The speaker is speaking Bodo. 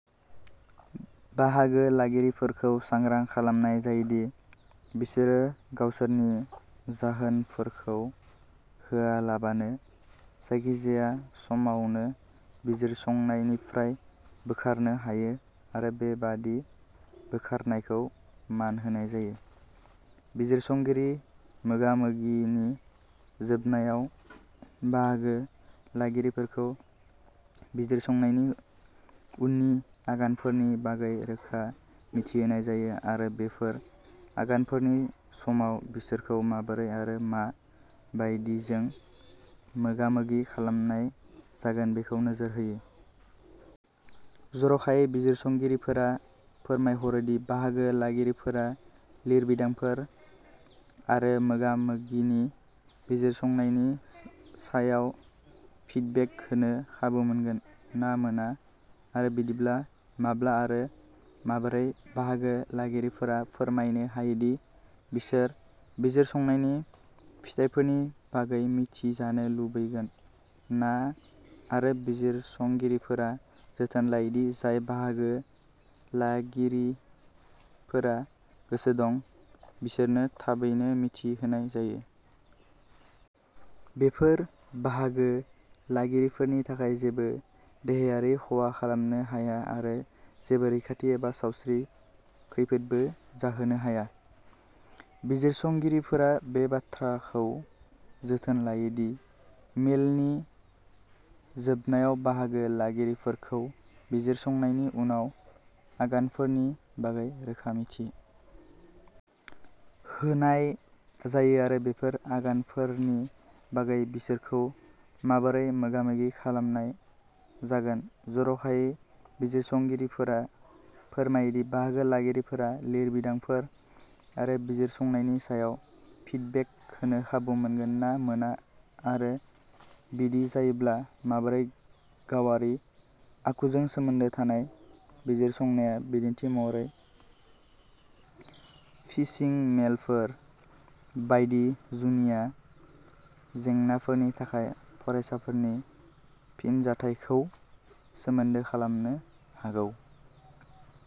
बाहागो लागिरिफोरखौ सांग्रां खालामनाय जायो दि बिसोरो गावसोरनि जाहोनफोरखौ होआलाबानो जायखिजाया समावनो बिजिरसंनायनिफ्राय बोखारनो हायो आरो बेबादि बोखारनायखौ मान होनाय जायो। बिजिरसंगिरि मोगा मोगिनि जोबनायाव बाहागो लागिरिफोरखौ बिजिरसंनायनि उननि आगानफोरनि बागै रोखा मिथि होनाय जायो आरो बेफोर आगानफोरनि समाव बिसोरखौ माबोरै आरो मा बायदिजों मोगामोगि खालामनाय जागोन बेखौ नोजोर होयो। जरखायै बिजिरसंगिरिफोरा फोरमायहरो दि बाहागो लागिरिफोरा लिरबिदांफोर आरो मोगा मोगिनि बिजिरसंनायनि सायाव फिडबेक होनो खाबु मोनगोन ना मोना आरो बिदिब्ला माब्ला आरो माबोरै बाहागो लागिरिफोरा फोरमायनो हायो दि बिसोर बिजिरसंनायनि फिथायफोरनि बागै मिथिजानो लुबैगोन ना आरो बिजिरसंगिरिफोरा जोथोन लायो दि जाय बाहागो लागिरिफोरा गोसो दं बिसोरनो थाबैनो मिथि होनाय जायो। बेफोर बाहागो लागिरिफोरनि थाखाय जेबो देहायारि खहा खालामनो हाया आरो जेबो रैखाथि एबा सावस्रि खैफोदबो जाहोनो हाया। बिजिरसंगिरिफोरा बे बाथ्राखौ जोथोन लायो दि मेलनि जोबनायाव बाहागो लागिरिफोरखौ बिजिरसंनायनि उनाव आगानफोरनि बागै रोखा मिथि होनाय जायो आरो बेफोर आगानफोरनि बागै बिसोरखौ माबोरै मोगामोगि खालामनाय जागोन। जरखायै बिजिरसंगिरिफोरा फोरमायो दि बाहागो लागिरिफोरा लिरबिदांफोर आरो बिजिरसंनायनि सायाव फिडबेक होनो खाबु मोनगोन ना मोना आरो बिदि जायोब्ला माबोरै गावारि आखुजों सोमोन्दो थानाय बिजिरसंनाया बिदिन्थि महरै फिशिं मेलफोर बायदि जुनिया जेंनाफोरनि थाखाय फरायसाफोरनि फिनजाथायखौ सोमोनदो खालामनो हागौ।